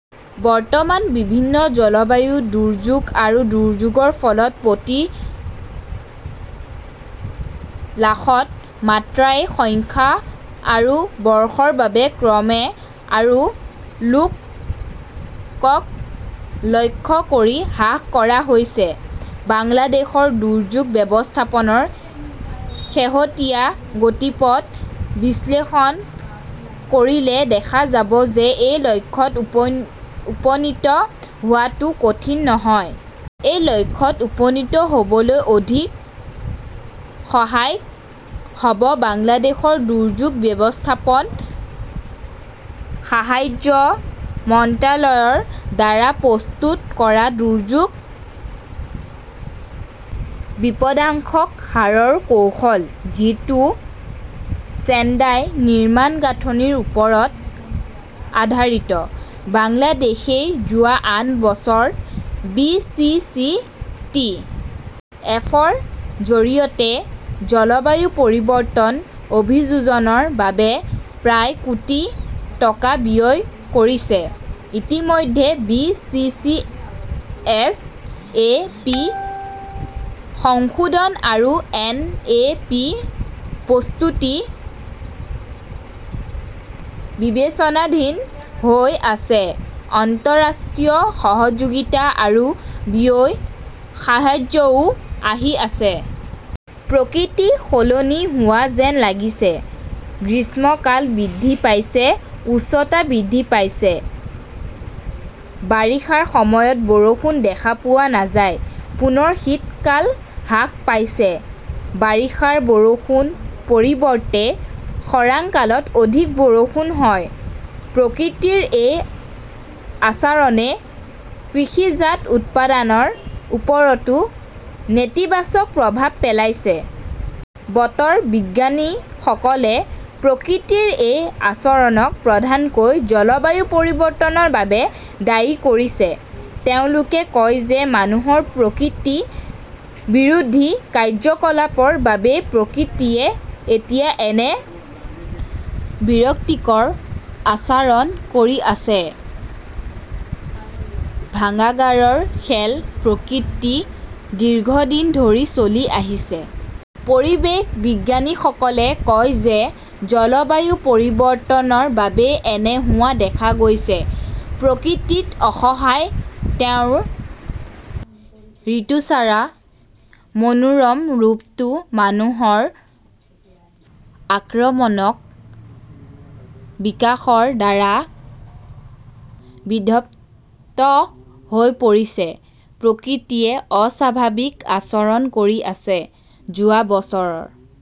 বৰ্তমান বিভিন্ন জলবায়ু দুৰ্যোগ আৰু দুৰ্যোগৰ ফলত প্ৰতি লাখত মএই সংখ্যা আৰু বৰ্ষৰ বাবে ক্ৰমে আৰু লোকক লক্ষ্য কৰি হ্ৰাস কৰা হৈছে। বাংলাদেশৰ দুৰ্যোগ ব্যৱস্থাপনাৰ শেহতীয়া গতিপথ বিশ্লেষণ কৰিলে দেখা যাব যে এই লক্ষ্যত উপনীত হোৱাটো কঠিন নহয়। এই লক্ষ্যত উপনীত হ'বলৈ অধিক সহায়ক হ'ব বাংলাদেশৰ দুৰ্যোগ ব্যৱস্থাপনা, সাহায্য মন্ত্ৰালয়ৰ দ্বাৰা প্ৰস্তুত কৰা দুৰ্যোগ বিপদাশংকা হ্ৰাসৰ কৌশল; যিটো ছেণ্ডাই নিৰ্মাণ গাঁথনিৰ ওপৰত আধাৰিত। বাংলাদেশই যোৱা আঠ বছৰত B. C. C. T. F. -ৰ জৰিয়তে জলবায়ু পৰিৱৰ্তন অভিযোজনৰ বাবে প্ৰায় কোটি টকা ব্যয় কৰিছে। ইতিমধ্যে B. C. C. S. A. P. সংশোধন আৰু এন. এ. পি. -ৰ প্ৰস্তুতি বিবেচনাধীন হৈ আছে। আন্তঃৰাষ্ট্ৰীয় সহযোগিতা আৰু বিত্তীয় সাহায্যও আহি আছে। প্ৰকৃতি সলনি হোৱা যেন লাগিছে। গ্ৰীষ্মকাল বৃদ্ধি পাইছে, উষ্ণতা বৃদ্ধি পাইছে। বাৰিষাৰ সময়ত বৰষুণ দেখা পোৱা নাযায়। পুনৰ শীতকাল হ্ৰাস পাইছে। বাৰিষাৰ বৰষুণৰ পৰিৱৰ্তে শৰৎকালত অধিক বৰষুণ হয়। প্ৰকৃতিৰ এই আচৰণে কৃষিজাত উৎপাদনৰ ওপৰতো নেতিবাচক প্ৰভাৱ পেলাইছে। বতৰ বিজ্ঞানীসকলে প্ৰকৃতিৰ এই আচৰণক প্ৰধানকৈ জলবায়ু পৰিৱৰ্তনৰ বাবে দায়ী কৰিছে। তেওঁলোকে কয় যে মানুহৰ প্ৰকৃতি বিৰোধী কাৰ্যকলাপৰ বাবেই প্ৰকৃতিয়ে এতিয়া এনে বিৰক্তিকৰ আচৰণ কৰি আছে। ভংগাগাৰাৰ খেল প্ৰকৃতিত দীৰ্ঘদিন ধৰি চলি আহিছে। পৰিৱেশ বিজ্ঞানীসকলে কয় যে জলবায়ু পৰিৱৰ্তনৰ বাবেই এনে হোৱা দেখা গৈছে। প্ৰকৃতি অসহায়। তেওঁৰ ঋতুচক্ৰৰ মনোৰম ৰূপটো মানুহৰ আক্ৰমণাত্মক বিকাশৰ দ্বাৰা বিধ্বস্ত হৈ পৰিছে। প্ৰকৃতিয়ে অস্বাভাৱিক আচৰণ কৰি আছে। যোৱা বছৰৰ